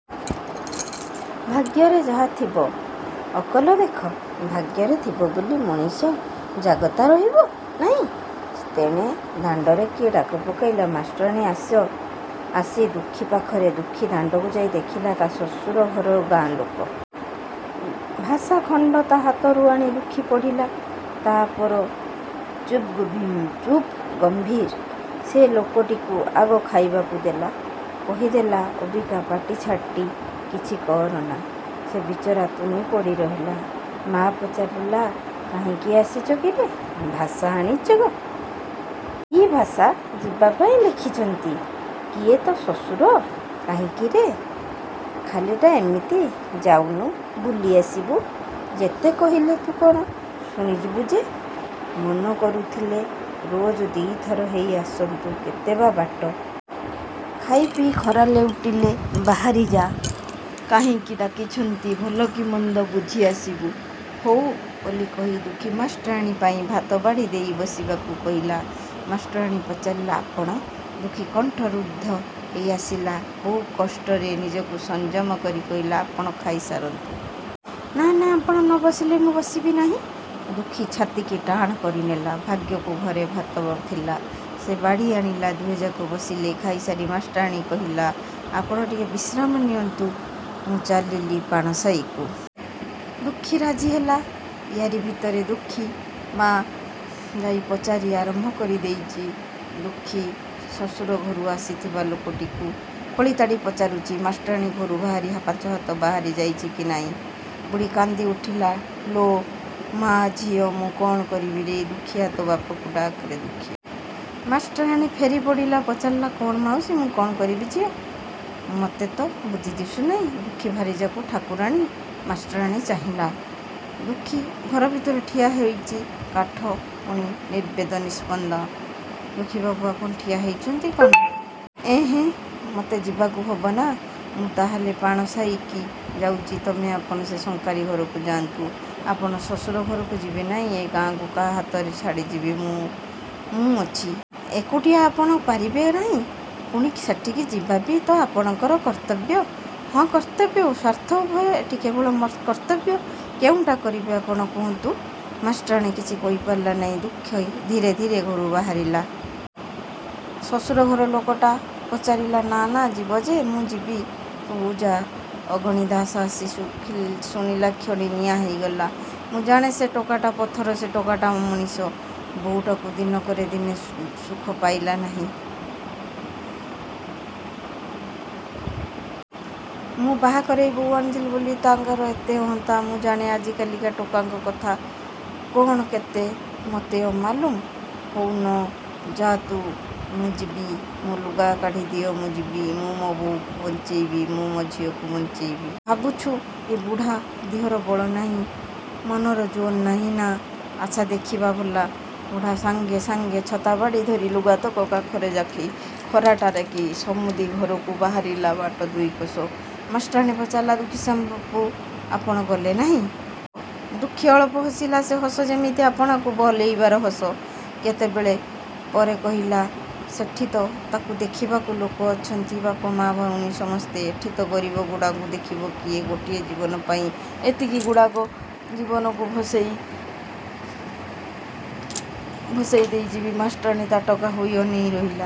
' ''ଭାଗ୍ୟରେ ଯାହା ଥିବ। '' ''ଅକଲ ଦେଖ। ଭାଗ୍ୟରେ ଥିବ ବୋଲି ମଣିଷ ଜାଗତା ରହିବ ନାହିଁ। '' ତେଣେ ଦାଣ୍ଡରେ କିଏ ଡାକ ପକେଇଲା। ମାଷ୍ଟରାଣୀ ଆସି ଦୁଃଖୀ ପାଖରେ। ଦୁଃଖୀ ଦାଣ୍ଡକୁ ଯାଇ ଦେଖିଲା, ତା' ଶ୍ୱଶୁର ଘର ଗାଁର ଲୋକ। ଭାଷା ଖଣ୍ଡ ତା' ହାତରୁ ଆଣି ଦୁଃଖୀ ପଢ଼ିଲା। ତା'ପରେ ଚୁପ୍ଗ ମ୍ଭୀର। ସେ ଲୋକଟିକୁ ଆଗ ଖାଇବାକୁ ଦେଲା। କହିଦେଲା ଅବିକା ପାଟି ଛାଟି କିଛି କରନା। ସେ ବିଚରା ତୁନି ପଡ଼ି ରହିଲା। ମା ପଚାରିଲା ''କାହିଁକି ଆସିଚ କିରେ? '' ''ଭାଷା ଆଣିଚୁ। '' ''କି ଭାଷା? '' ''ଯିବାପାଇଁ ଲେଖିଚନ୍ତି। '' ''କିଏ ତୋ ଶ୍ୱଶୁର? କାହିଁକିରେ? '' ''ଖାଲିଟା ଏମିତି। '' ''ଯାଉନୁ'' ବୁଲି ଆସିବୁ। ଯେତେ କହିଲେ ତୁ କ'ଣ ଶୁଣିବୁ ଯେ! ମନ କରୁଥିଲେ ରୋଜ୍ ଦି'ଥର ହେଇ ଆସନ୍ତୁ କେତେ ବା ବାଟ। ଖାଇପିଇ ଖରା ଲେଉଟିଲେ ବାହାରି ଯାକାହିଁକି ଡାକିଛନ୍ତି ଭଲ କି ମନ୍ଦ ବୁଝି ଆସିବୁ। '' 'ହୋଉ' ବୋଲି କହି ଦୁଃଖୀ ମାଷ୍ଟରାଣୀ ପାଇଁ ଭାତ ବାଢ଼ି ଦେଇ ବସିବାକୁ କହିଲା। ମାଷ୍ଟରାଣୀ ପଚାରିଲା 'ଆପଣ? ' ଦୁଃଖୀ କଣ୍ଠରୁଦ୍ଧ ହେଇ ଆସିଲା। ବହୁକଷ୍ଟରେ ନିଜକୁ ସଂଯମ କରି କହିଲା 'ଆପଣ ଖାଇସାରନ୍ତୁ। ' 'ନା ନା ଆପଣ ନ ବସିଲେ ମୁଁ ବସିବି ନାହିଁ। '' ଦୁଃଖୀ ଛାତିକି ଟାଣ କରିନେଲା। ଭାଗ୍ୟକୁ ଘରେ ଭାତ ଥିଲା। ସେ ବାଢ଼ି ଆଣିଲା। ଦୁହେଁଯାକ ବସିଲେ। ଖାଇସାରି ମାଷ୍ଟରାଣୀ କହିଲା ଆପଣ ଟିକିଏ ବିଶ୍ରାମ ନିଅନ୍ତୁ। ମୁଁ ଚାଲିଲି ପାଣ ସାହିକୁ। ଦୁଃଖୀ ରାଜିହେଲା। ଇୟାରି ଭିତରେ ଦୁଃଖୀ ମା ଯାଇ ପଚାରି ଆରମ୍ଭ କରି ଦେଇଚି, ଦୁଃଖୀ ଶ୍ୱଶୁର ଘରୁ ଆସିଥିବା ଲୋକଟିକୁ। ଖୋଳି ତାଡ଼ି ପଚାରୁଛି। ମାଷ୍ଟରାଣୀ ଘରୁ ବାହାରି ପାଞ୍ଚହାତ ବାହାରି ଯାଇଛି କି ନାହିଁ, ବୁଢ଼ୀ କାନ୍ଦିଉଠିଲା ''ଲୋ ମା ଝିଅ ମୁଁ କ'ଣ କରିବିରେ ଦୁଃଖୀଆ ତୋ ବାପକୁ ଡାକରେ ଦୁଃଖିଆ। '' ମାଷ୍ଟରାଣୀ ଫେରି ପଡ଼ିଲା। ପଚାରିଲା 'କ'ଣ ମାଉସୀ? '' 'ମୁଁ କ'ଣ କରିବି ଝିଅ? ମୋତେ ତ ବୁଦ୍ଧି ଦିଶୁନାହିଁ। ଦୁଃଖୀ ଭାରିଯାକୁ ଠାକୁରାଣୀ '। ମାଷ୍ଟରାଣୀ ଚାହିଁଲା। ଦୁଃଖୀ ଘର ଭିତରେ ଠିଆ ହେଇଚି କାଠ ପୁଣି ନିର୍ବେଦ ନିସ୍ପନ୍ଦ । ''ଦୁଃଖୀବାବୁ ଆପଣ ଠିଆ ହେଇଚନ୍ତି କ'ଣ? ' ''ଏହଁ। ମୋତେ ଯିବାକୁ ହବ, ନା? ମୁଁ ତାହାହେଲେ ପାଣ ସାହିକି ଯାଉଚି ତମେ ଆପଣ ସେ ଶଙ୍ଖାରି ଘରକୁ ଯାଆନ୍ତୁ। '' ''ଆପଣ ଶ୍ୱଶୁର ଘରକୁ ଯିବେ ନାଇଁ? '' ''ଏ ଗାଁକୁ କାହା ହାତରେ ଛାଡ଼ି ଯିବି? '' ''ମୁଁ ଅଛି। '' ''ଏକୁଟିଆ ଆପଣ ପାରିବେ ନାହିଁ। '' ''ପୁଣି ସେଠିକି ଯିବାବି ତ ଆପଣଙ୍କର କର୍ତ୍ତବ୍ୟ। '' ''ହଁ, କର୍ତ୍ତବ୍ୟ ଓ ସ୍ୱାର୍ଥ ଉଭୟ। ଏଠି କେବଳ କର୍ତ୍ତବ୍ୟ। କେଉଁଟା କରିବି? ଆପଣ କହନ୍ତୁ। '' ମାଷ୍ଟରାଣୀ କିଛି କହିପାରିଲା ନାହିଁ। ଦୁଃଖୀ ଧୀରେ ଧୀରେ ଘରୁ ବାହାରିଲା। ଶ୍ୱଶୁର ଘର ଲୋକଟା ପଚାରିଲା ''ନା ନା ଯିବ ଯେ। '' ''ମୁଁ ଯିବି, ତୁ ଯା। '' ଅଗଣିଦାଶ ଆସି ଶୁଣିଲାକ୍ଷଣି ନିଆଁ ହେଇଗଲା। ''ମୁଁ ଜାଣେ ସେ ଟୋକାଟା ପଥର ସେ ଟୋକାଟା ଅମଣିଷ। ବହୂଟାକୁ ଦିନକର ଦିନେ ସୁଖ ପାଇଲା ନାହିଁ। ମୁଁ ବାହା କରେଇ ବହୂ ଆଣିଥିଲି ବୋଲି ତା'ର ଏତେ ଅହନ୍ତା। ମୁଁ ଜାଣେ। ଆଜିକାଲିକା ଟୋକାଙ୍କ କଥା କ'ଣ ମୋତେ ଅମାଲୁମ? ହଉ ନ ଯା' ତୁ! ମୁଁ ଯିବି ମୋ ଲୁଗା କାଢ଼ି ଦିଅ ମୁଁ ଯିବି। ମୁଁ ମୋ ବହୂକୁ ବଞ୍ଚେଇବି ମୁଁ ମୋ ଝିଅକୁ ବଞ୍ଚେଇବି। ଭାବିଛୁ ଏ ବୁଢ଼ା ଦିହରେ ବଳ ନାହିଁ ମନରେ ଜୋର୍ ନାହିଁ ନା? ଆଚ୍ଛା, ଦେଖିବା ଭଲା। '' ବୁଢ଼ା ସାଙ୍ଗେ ସାଙ୍ଗେ ଛତା ବାଡ଼ି ଧରି ଲୁଗାତକ କାଖରେ ଯାକି ଖରାଟାରେ କି ସମୁଦିଘରକୁ ବାହାରିଲା ବାଟ ଦୁଇକୋଶ। ମାଷ୍ଟରାଣୀ ପଚାରିଲା ''ଦୁଃଖୀଶ୍ୟାମବାବୁ, ଆପଣ ଗଲେ ନାହିଁ? '' ଦୁଃଖୀ ଅଳପ ହସିଲା। ସେ ହସ ଯେମିତି ଆପଣାକୁ ବହଲେଇବାର ହସ। କେତେବେଳ ପରେ କହିଲା 'ସେଠିତ ତାକୁ ଦେଖିବାକୁ ଲୋକ ଅଛନ୍ତି ବାପ ମା, ଭାଇଭଉଣୀ ସମସ୍ତେ। ଏଠି ଏ ଗରିବଗୁଡ଼ାଙ୍କୁ ଦେଖିବ କିଏ? ଗୋଟିଏ ଜୀବନପାଇଁ ଏତିକିଗୁଡ଼ିଏ ଜୀବନକୁ ଭସେଇ ଦେଇ ଯିବି? '' ମାଷ୍ଟରାଣୀ ତାଟକା ହୋଇ ଅନେଇ ରହିଲା।